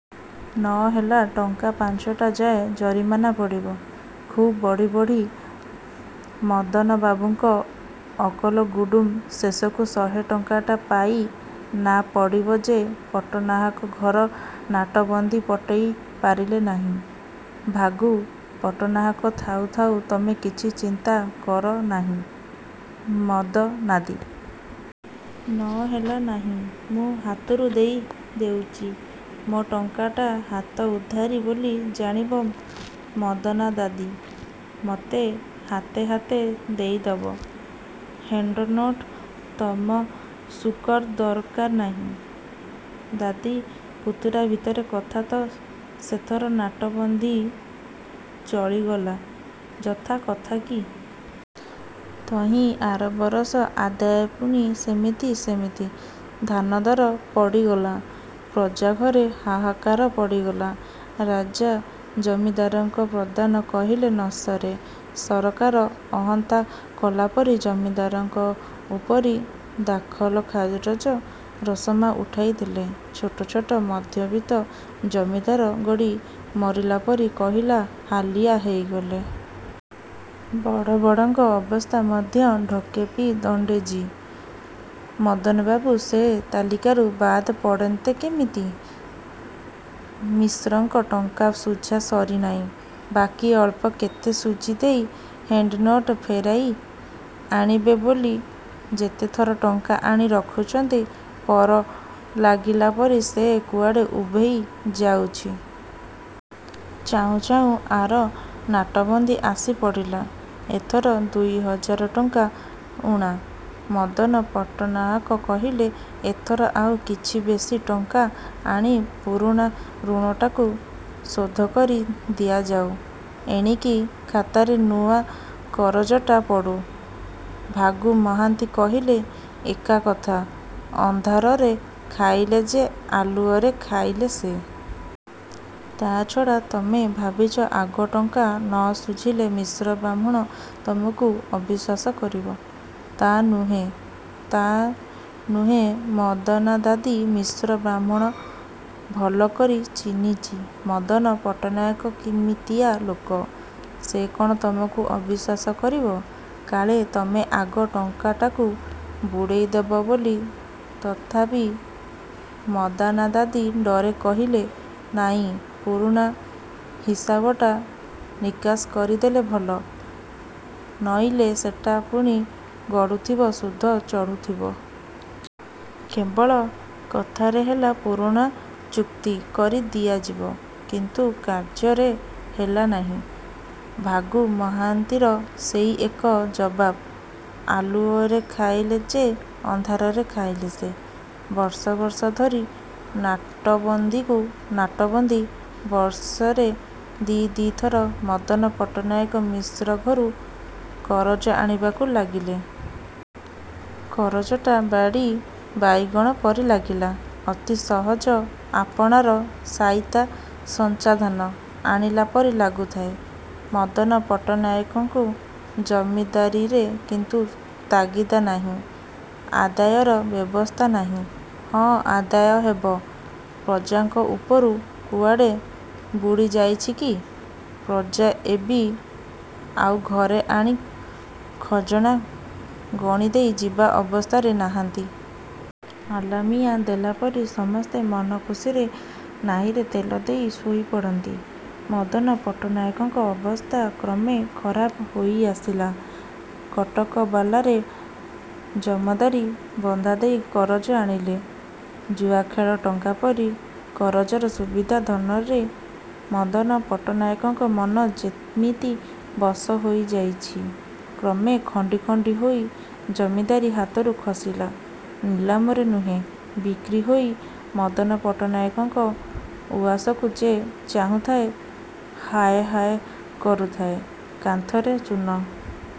ନ ହେଲା ଟଙ୍କା ପାଞ୍ଚୁଟା ଯାଏଁ ଜରିମାନା ପଡ଼ିବ। –ଖୁବ୍ ବଢ଼ି ବଢ଼ି। '' ମଦନବାବୁଙ୍କ ଅକଲଗୁଡ଼ୁମ୍। ''ଶେଷକୁ ଶହେ ଟଙ୍କାଟା ପାଇ ନା ପଡ଼ିବ ଯେ ପଟ୍ଟନାହାକ ଘର ନାଟବନ୍ଦୀ ପଟେଇ ପାରିଲେ ନାହିଁ। '' ''ଭାଗୁ ପଟ୍ଟନାହାକ ଥାଉ ଥାଉ ତମେ କିଛି ଚିନ୍ତା କର ନାହିଁ ମଦନାଦି। ନ ହେଲା, ନାହିଁ ମୁଁ ହାତରୁ ଦେଇ ଦେଉଚି। ମୋ ଟଙ୍କାଟା ହାତ ଉଦ୍ଧାରି ବୋଲି ଜାଣିବ ମଦନାଦାଦି। ମୋତେ ହାତେ ହାତେ ଦେଇଦେବ। ହେଣ୍ଡନୋଟ ତମସୁକର ଦରକାର ନାହିଁ। ଦାଦି ପୁତୁରା ଭିତରେ କଥା ତ। '' ସେଥର ନାଟବନ୍ଦୀ ଚଳିଗଲା। ଯଥା କଥା କି। ତହିଁ ଆର ବରଷ ଆଦାୟ ପୁଣି ସେମିତି ସେମିତି। ଧାନ ଦର ପଡ଼ିଗଲା। ପ୍ରଜାଘରେ ହାହାକାର ପଡ଼ିଗଲା। ରାଜା ଜମିଦାରଙ୍କର ପ୍ରମାଦ କହିଲେ ନସରେ। ସରକାର ଅହନ୍ତା କଲାପରି ଜମିଦାରଙ୍କ ଉପରି ଦାଖଲଖାରଜ ରୋସମା ଉଠାଇ ଦେଲେ। ଛୋଟ ଛୋଟ ମଧ୍ୟବିତ୍ତ ଜମିଦାର ଗଡ଼ି ମରିଲାପରି କହିଲା ହାଲିଆ ହେଇଗଲେ। ବଡ଼ବଡ଼ଙ୍କ ଅବସ୍ଥା ମଧ୍ୟ ଢୋକେ ପି ଦଣ୍ଡେ ଜୀ। ମଦନବାବୁ ସେ ତାଲିକାରୁ ବାଦ୍ ପଡ଼ନ୍ତେ କେମିତି। ମିଶ୍ରଙ୍କ ଟଙ୍କା ଶୁଝା ସରିନାହିଁ। ବାକି ଅଳ୍ପ କେତେ ଶୁଝିଦେଇ ହେଣ୍ଡନୋଟ ଫେରେଇ ଆଣିବେ ବୋଲି ଯେତେଥର ଟଙ୍କା ଆଣି ରଖୁଛନ୍ତି, ପର ଲାଗିଲା ପରି ସେ କୁଆଡ଼େ ଉଭେଇଯାଉଛି। ଚାହୁଁଚାହୁଁ ଆର ନାଟବନ୍ଦୀ ଆସି ପଡ଼ିଲା। ଏଥର ଦୁଇହଜାର ଟଙ୍କା ଊଣା। ମଦନ ପଟ୍ଟନାହାକ କହିଲେ, ଏଥର ଆଉ କିଛି ବେଶି ଟଙ୍କା ଆଣି ପୁରୁଣା ଋଣଟାକୁ ଶୋଧକରି ଦିଆଯାଉ। ଏଣିକି ଖାତାରେ ନୂଆ କରଜଟା ପଡ଼ୁ। ଭାଗୁ ମହାନ୍ତି କହିଲେ–ଏକା କଥା–ଅନ୍ଧାରରେ ଖାଇଲେ ଯେ ଆଲୁଅରେ ଖାଇଲେ ସେ। ତା' ଛଡ଼ା ତମେ ଭାବିଛ ଆଗ ଟଙ୍କା ନ ଶୁଝିଲେ ମିଶ୍ର ବାହ୍ମୁଣ ତମକୁ ଅବିଶ୍ୱାସ କରିବ। ତା' ନୁହେଁ–ତା' ନୁହେଁ ମଦନାଦାଦି। ମିଶ୍ର ବାହ୍ମୁଣ ଭଲ କରି ଚିହ୍ନିଚି ମଦନ ପଟ୍ଟନାୟକ କିମିତିଆ ଲୋକ। ସେ କ'ଣ ତମକୁ ଅବିଶ୍ୱାସ କରିବ, କାଳେ ତମେ ଆଗ ଟଙ୍କାଟାକୁ ବୁଡ଼େଇଦେବ ବୋଲି, ତଥାପି ମଦାନାଦାଦି ଡରେ କହିଲେ–ନାଇଁ ପୁରୁଣା ହିସାବଟା ନିକାଶ କରିଦେଲେ ଭଲ, ନଇଲେ ସେଟା ପୁଣି ଗଡ଼ୁଥିବ–ସୁଧ ଚଢ଼ୁଥିବ। କେବଳ କଥାରେ ହେଲା ପୁରୁଣା ଚୁକ୍ତି କରି ଦିଆଯିବ। କିନ୍ତୁ କାର୍ଯ୍ୟରେ ହେଲା ନାହିଁ। ଭାଗୁ ମହାନ୍ତିର ସେଇ ଏକ ଜବାବ–ଆଲୁଅରେ ଖାଇଲେ ଯେ, ଅନ୍ଧାରରେ ଖାଇଲେ ସେ। ବର୍ଷ ବର୍ଷ ଧରି ନାଟବନ୍ଦୀକୁ ନାଟବନ୍ଦୀ, ବର୍ଷରେ ଦି' ଦି' ଥର ମଦନ ପଟ୍ଟନାୟକ ମିଶ୍ରଘରୁ କରଜ ଆଣିବାକୁ ଲାଗିଲେ। କରଜଟା ବାଡ଼ି ବାଇଗଣ ପରି ଲାଗିଲା। ଅତି ସହଜ–ଆପଣାର ସାଇତା ସଞ୍ଚାଧାନ ଆଣିଲା ପରି ଲାଗୁଥାଏ ମଦନ ପଟ୍ଟନାଏକଙ୍କୁ। ଜମିଦାରୀରେ କିନ୍ତୁ ତାଗିଦା ନାହିଁ। ଆଦାୟର ବ୍ୟବସ୍ଥା ନାହିଁ। ହଁ, ଆଦାୟ ହେବ। ପ୍ରଜାଙ୍କ ଉପରୁ କୁଆଡ଼େ ବୁଡ଼ିଯାଇଛି କି? ପ୍ରଜାଏବି ଆଉ ଘରେ ଆଣି ଖଜଣା ଗଣିଦେଇ ଯିବା ଅବସ୍ଥାରେ ନାହାନ୍ତି। ଆଲ୍ଲାମିଆଁ ଦେଲାପରି ସମସ୍ତେ ମନ ଖୁସିରେ ନାହିରେ ତେଲଦେଇ ଶୋଇପଡ଼ନ୍ତି। ମଦନ ପଟ୍ଟନାୟକଙ୍କ ଅବସ୍ଥା କ୍ରମେ ଖରାପ ହୋଇଆସିଲା। କଟକବଲାରେ ଜମଦାରୀ ବନ୍ଧାଦେଇ କରଜ ଆଣିଲେ। ଜୁଆଖେଳ ଟଙ୍କାପରି କରଜର ସୁବିଧା ଧନରେ ମଦନ ପଟ୍ଟନାଏକଙ୍କ ମନ ଯେମିତି ବଶ ହୋଇଯାଇଛି। କ୍ରମେ ଖଣ୍ଡି ଖଣ୍ଡି ହୋଇ ଜମିଦାରୀ ହାତରୁ ଖସିଲା–ନିଲାମରେ ନୁହେଁ–ବିକ୍ରିହୋଇ। ମଦନପଟ୍ଟନାୟକଙ୍କ ଉଆସକୁ ଯେ ଚାହୁଁଥାଏ, ହାୟ ହାୟ କରୁଥାଏ। କାନ୍ଥରେ ଚୂନ